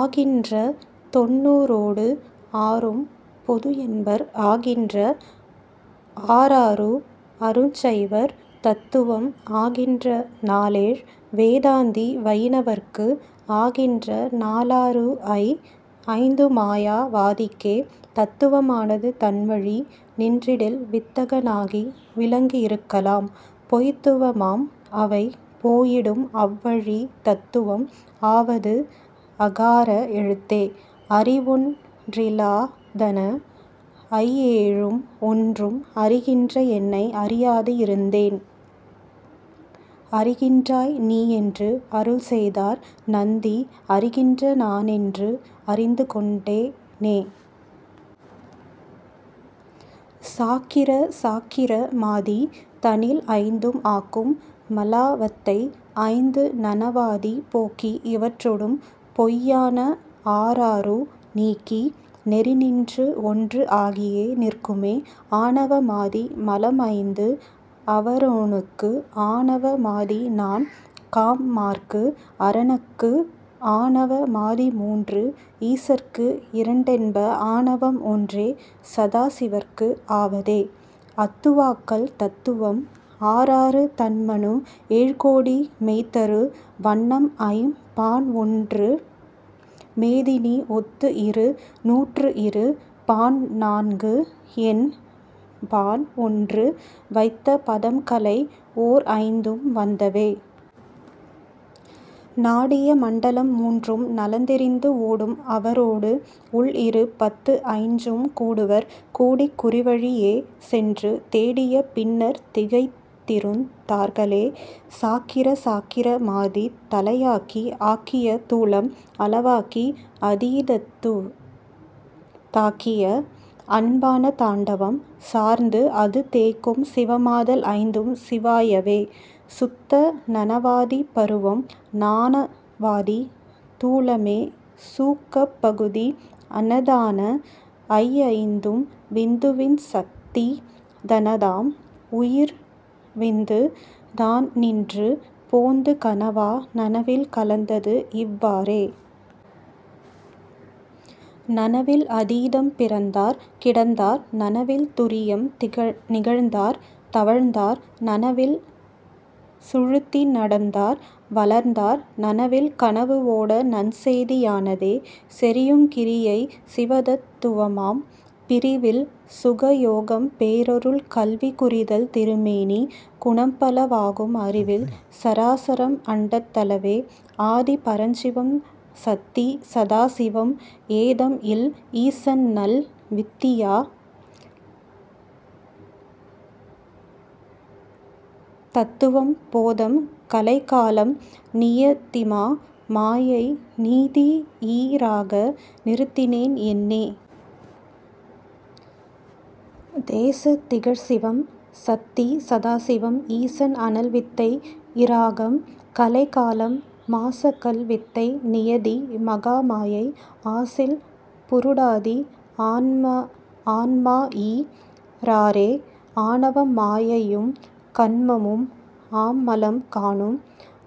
ஆகின்ற தொண்ணூறோடு ஆறும் பொதுஎன்பர் ஆகின்ற ஆறாறு அருஞ்சைவர் தத்துவம் ஆகின்ற நாலேழ் வேதாந்தி வயிணவர்க்கு ஆகின்ற நாலாறுஐ ஐந்துமாயா வாதிக்கே. தத்துவ மானது தன்வழி நின்றிடில் வித்தக னாகி விளங்கி யிருக்கலாம் பொய்த்துவ மாம்அவை போயிடும் அவ்வழி தத்துவம் ஆவது அகார எழுத்தே. அறிவொன் றிலாதன ஐஏழும் ஒன்றும் அறிகின்ற என்னை அறியாது இருந்தேன் அறிகின்றாய் நீஎன்று அருள்செய்தார் நந்தி அறிகின்ற நானென்று அறிந்து கொண்டேனே. சாக்கிர சாக்கிர மாதி தனில்ஐந்தும் ஆக்கும் மலாவத்தை ஐந்து நனவாதி போக்கி இவற்றொடும் பொய்யான ஆறாறு நீக்கி நெறிநின்றுஒன்று ஆகியே நிற்குமே. ஆணவ மாதி மலம்ஐந்து அவரோனுக்கு ஆணவ மாதிநான் காம்மாற்கு அரனுக்கு ஆணவ மாதிமூன்று ஈசர்க்கு இரண்டென்ப ஆணவம் ஒன்றே சதாசிவற்கு ஆவதே.. அத்துவாக்கள் தத்துவம் ஆறாறு தன்மனு ஏழ்கோடி மெய்த்தரு வன்னம்ஐம் பான்ஒன்று மேதினி ஒத்துஇரு நூற்றுஇரு பான்நான்குஎண் பான்ஒன்று வைத்த பதம்கலை ஓர்ஐந்தும் வந்தவே. நாடிய மண்டலம் மூன்றும் நலந்தெரிந்து ஓடும் அவரோடு உள்இரு பத்துஐஞ்சும் கூடுவர் கூடிக் குறிவழி யேசென்று தேடிய பின்னர்த் திகைத்திருந் தார்களே. சாக்கிர சாக்கிர மாதித் தலையாக்கி ஆக்கிய தூலம் அளவாக்கி அதீதத்துத் தாக்கிய அன்பான தாண்டவம் சார்ந்துஅது தேக்கும் சிவமாதல் ஐந்தும் சிவாயவே.. சுத்த நனவாதி பருவம் நானவாதி தூலமே சூக்கப் பகுதி அனதான ஐஐந்தும் விந்துவின் சத்தி தனதாம் உயிர்விந்து தான்நின்று போந்து கனவா நனவில் கலந்ததுஇவ் வாறே. நனவில் அதீதம் பிறந்தார் கிடந்தார் நனவில் துரியம் நிகழ்ந்தார் தவழ்ந்தார் நனவில் சுழுத்தி நடந்தார் வளர்ந்தார் நனவில் கனவுஓட நன்செய்தி யானதே. செறியுங் கிரியை சிவதத் துவமாம் பிறிவில் சுகயோகம் பேரருள் கல்வி குறிதல் திருமேனி குணம்பல வாகும் அறிவில் சராசரம் அண்டத் தளவே. ஆதி பரஞ்சிவம் சத்தி சதாசிவம் ஏதம்இல் ஈசன்நல் வித்தியா தத்துவம் போதம் கலைகாலம் நியதிமா மாயை நீதிஈ றாக நிறுத்தினன் என்னே. தேச திகழ்சிவம் சத்தி சதாசிவம் ஈசன் அனல்வித்தை இராகம் கலைகாலம் மாசகல் வித்தை நியதி மகாமாயை ஆசில் புருடாதி ஆன்மாஈ றாறே. ஆணவம் மாயையும் கன்மமும் ஆம்மலம் காணும்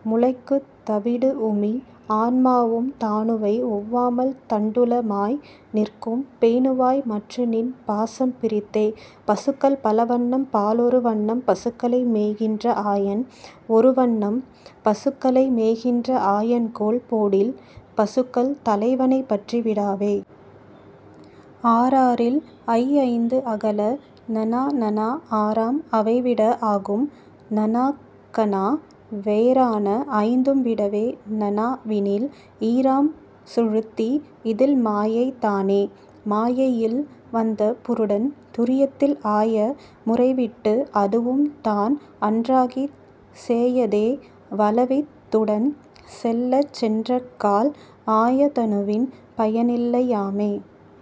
முளைக்குத் தவிடுஉமி ஆன்மாவும் தாணுவை ஒவ்வாமல் தண்டுலமாய் நிற்கும் பேணுவாய் மற்றுநின் பாசம் பிரித்தே. பசுக்கள் பலவண்ணம் பாலொரு வண்ணம் பசுக்களை மேய்க்கின்ற ஆயன் ஒருவண்ணம் பசுக்களை மேய்க்கின்ற ஆயன்கோல் போடில் பசுக்கள் தலைவனைப் பற்றி விடாவே. ஆறாறில் ஐஐந்து அகல நனாநனா ஆறாம் அவைவிட ஆகும் நனாக்கனா வேறான ஐந்தும் விடவே நனாவினில் ஈறாம் சுழுத்தி இதில்மாயை தானே. மாயையில் வந்த புருடன் துரியத்தில் ஆய முறைவிட்டு அதுவும்தான் அன்றாகிச் சேயதே வலவித் துடன் செல்லச் சென்றக்கால் ஆய தனுவின் பயனில்லை யாமே.